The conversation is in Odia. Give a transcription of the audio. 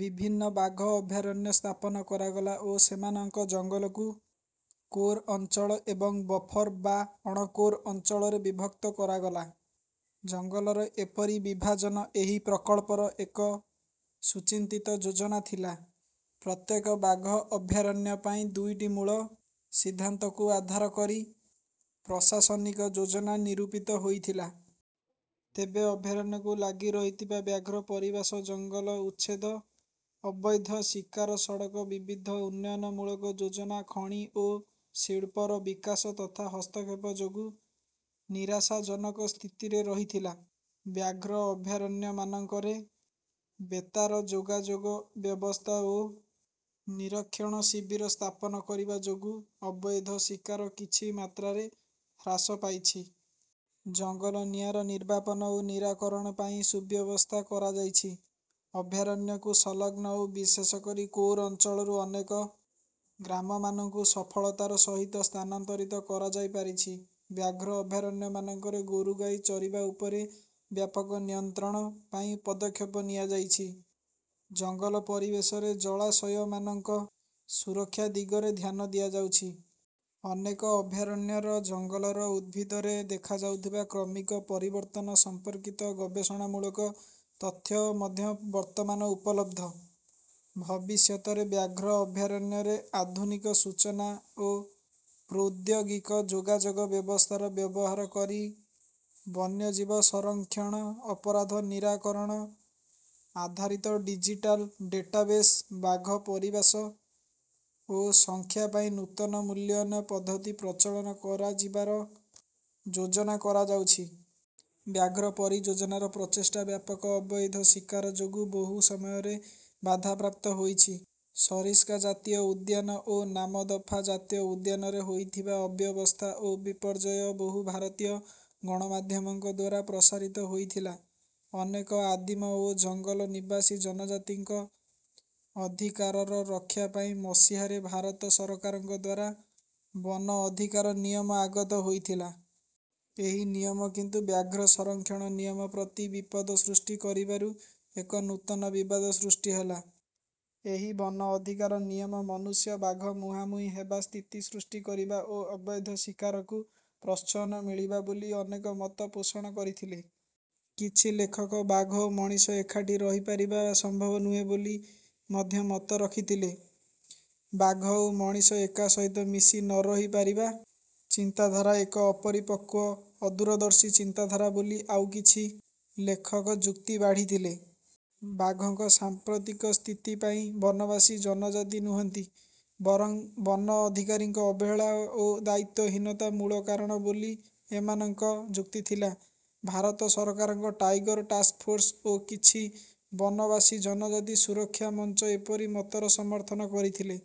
ବିଭିନ୍ନ ବାଘ ଅଭୟାରଣ୍ୟ ସ୍ଥାପନ କରାଗଲା ଓ ସେମାନଙ୍କ ଜଙ୍ଗଲକୁ କୋର୍ ଅଞ୍ଛଳ ଏବଂ ବଫର୍ ବା ଅଣକୋର୍ ଅଞ୍ଚଳରେ ବିଭକ୍ତ କରାଗଲା। ଜଙ୍ଗଲର ଏପରି ବିଭାଜନ ଏହି ପ୍ରକଳ୍ପର ଏକ ସୁଚିନ୍ତିତ ଯୋଜନା ଥିଲା। ପ୍ରତ୍ୟେକ ବାଘ ଅଭୟାରଣ୍ୟ ପାଇଁ ଦୁଇଟି ମୂଳ ସିଦ୍ଧାନ୍ତକୁ ଆଧାର କରି ପ୍ରଶାସନିକ ଯୋଜନା ନିରୂପିତ ହୋଇଥିଲା। ତେବେ ଅଭୟାରଣ୍ୟକୁ ଲାଗି ରହିଥିବା ବ୍ୟାଘ୍ର ପରିବାସ ଜଙ୍ଗଲ ଉଚ୍ଛେଦ, ଅବୈଧ ଶିକାର, ସଡ଼କ, ବିବିଧ ଉନ୍ନୟନମୂଳକ ଯୋଜନା, ଖଣି ଓ ଶିଳ୍ପର ବିକାଶ ତଥା ହସ୍ତକ୍ଷେପ ଯୋଗୁଁ ନିରାଶାଜନକ ସ୍ଥିତିରେ ରହିଥିଲା। ବ୍ୟାଘ୍ର ଅଭୟାରଣ୍ୟମାନଙ୍କରେ ବେତାର ଯୋଗାଯୋଗ ବ୍ୟବସ୍ଥା ଓ ନିରୀକ୍ଷଣ ଶିବିର ସ୍ଥାପନ କରିବା ଯୋଗୁଁ ଅବୈଧ ଶିକାର କିଛି ମାତ୍ରାରେ ହ୍ରାସ ପାଇଛି। ଜଙ୍ଗଲ ନିଆଁର ନିର୍ବାପନ ଓ ନିରାକରଣ ପାଇଁ ସୁବ୍ୟବସ୍ଥା କରାଯାଇଛି। ଅଭୟାରଣ୍ୟକୁ ସଂଲଗ୍ନ ଓ ବିଶେଷ କରି କୋର୍ ଅଞ୍ଚଳରୁ ଅନେକ ଗ୍ରାମମାନଙ୍କୁ ସଫଳତାର ସହିତ ସ୍ଥାନାନ୍ତରିତ କରାଯାଇପାରିଛି। ବ୍ୟାଘ୍ର ଅଭୟାରଣ୍ୟମାନଙ୍କରେ ଗୋରୁଗାଈ ଚରିବା ଉପରେ ବ୍ୟାପକ ନିୟନ୍ତ୍ରଣ ପାଇଁ ପଦକ୍ଷେପ ନିଆଯାଇଛି। ଜଙ୍ଗଲ ପରିବେଶରେ ଜଳାଶୟମାନଙ୍କ ସୁରକ୍ଷା ଦିଗରେ ଧ୍ୟାନ ଦିଆଯାଉଛି। ଅନେକ ଅଭୟାରଣ୍ୟର ଜଙ୍ଗଲର ଉଦ୍ଭିଦରେ ଦେଖାଯାଉଥିବା କ୍ରମିକ ପରିବର୍ତ୍ତନ ସମ୍ପର୍କିତ ଗବେଷଣାମୂଳକ ତଥ୍ୟ ମଧ୍ୟ ବର୍ତ୍ତମାନ ଉପଲବ୍ଧ। ଭବିଷ୍ୟତରେ ବ୍ୟାଘ୍ର ଅଭୟାରଣ୍ୟରେ ଆଧୁନିକ ସୂଚନା ଓ ପ୍ରୌଦ୍ୟୋଗିକ ଯୋଗାଯୋଗ ବ୍ୟବସ୍ଥାର ବ୍ୟବହାର କରି ବନ୍ୟଜୀବ ସଂରକ୍ଷଣ, ଅପରାଧ ନିରାକରଣ, ଆଧାରିତ ଡିଜିଟାଲ୍ ଡେଟାବେସ୍, ବାଘ ପରିବାସ ଓ ସଂଖ୍ୟା ପାଇଁ ନୂତନ ମୂଲ୍ୟାୟନ ପଦ୍ଧତି ପ୍ରଚଳନ କରାଯିବାର ଯୋଜନା କରାଯାଉଛି। ବ୍ୟାଘ୍ର ପରିଯୋଜନାର ପ୍ରଚେଷ୍ଟା ବ୍ୟାପକ ଅବୈଧ ଶିକାର ଯୋଗୁଁ ବହୁ ସମୟରେ ବାଧାପ୍ରାପ୍ତ ହୋଇଛି। ସରିସ୍କା ଜାତୀୟ ଉଦ୍ୟାନ ଓ ନାମଦଫା ଜାତୀୟ ଉଦ୍ୟାନରେ ହୋଇଥିବା ଅବ୍ୟବସ୍ଥା ଓ ବିପର୍ଯ୍ୟୟ ବହୁ ଭାରତୀୟ ଗଣମାଧ୍ୟମଙ୍କ ଦ୍ୱାରା ପ୍ରସାରିତ ହୋଇଥିଲା। ଅନେକ ଆଦିମ ଓ ଜଙ୍ଗଲ ନିବାସୀ ଜନଜାତିଙ୍କ ଅଧିକାରର ରକ୍ଷା ପାଇଁ ମସିହାରେ ଭାରତ ସରକାରଙ୍କ ଦ୍ୱାରା ବନ ଅଧିକାର ନିୟମ ଆଗତ ହୋଇଥିଲା। ଏହି ନିୟମ କିନ୍ତୁ ବ୍ୟାଘ୍ର ସଂରକ୍ଷଣ ନିୟମ ପ୍ରତି ବିପଦ ସୃଷ୍ଟି କରିବାରୁ ଏକ ନୂତନ ବିବାଦ ସୃଷ୍ଟି ହେଲା। ଏହି ବନ ଅଧିକାର ନିୟମ ମନୁଷ୍ୟ-ବାଘ ମୁହାଁମୁହିଁ ହେବା ସ୍ଥିତି ସୃଷ୍ଟି କରିବ ଓ ଅବୈଧ ଶିକାରକୁ ପ୍ରୋତ୍ସାହନ ମିଳିବ ବୋଲି ଅନେକ ମତ ପୋଷଣ କରିଥିଲେ। କିଛି ଲେଖକ ବାଘ ଓ ମଣିଷ ଏକାଠି ରହିପାରିବା ସମ୍ଭବ ନୁହେଁ ବୋଲି ମଧ୍ୟ ମତ ରଖିଥିଲେ। ବାଘ ଓ ମଣିଷ ଏକା ସହିତ ମିଶି ନ ରହିପାରିବା ଚିନ୍ତାଧାରା ଏକ ଅପରିପକ୍ୱ ଓ ଅଦୂରଦର୍ଶୀ ଚିନ୍ତାଧାରା ବୋଲି ଆଉ କିଛି ଲେଖକ ଯୁକ୍ତି ବାଢ଼ିଥିଲେ। ବାଘଙ୍କ ସାମ୍ପ୍ରତିକ ସ୍ଥିତି ପାଇଁ ବନବାସୀ ଜନଜାତି ନୁହନ୍ତି, ବରଂ ବନ ଅଧିକାରୀଙ୍କ ଅବହେଳା ଓ ଦାୟିତ୍ୱହୀନତା ମୂଳ କାରଣ ବୋଲି ଏମାନଙ୍କ ଯୁକ୍ତି ଥିଲା। ଭାରତ ସରକାରଙ୍କ "ଟାଇଗର୍ ଟାସ୍କ ଫୋର୍ସ୍" ଓ କିଛି ବନବାସୀ ଜନଜାତି ସୁରକ୍ଷା ମଞ୍ଚ ଏପରି ମତର ସମର୍ଥନ କରିଥିଲେ।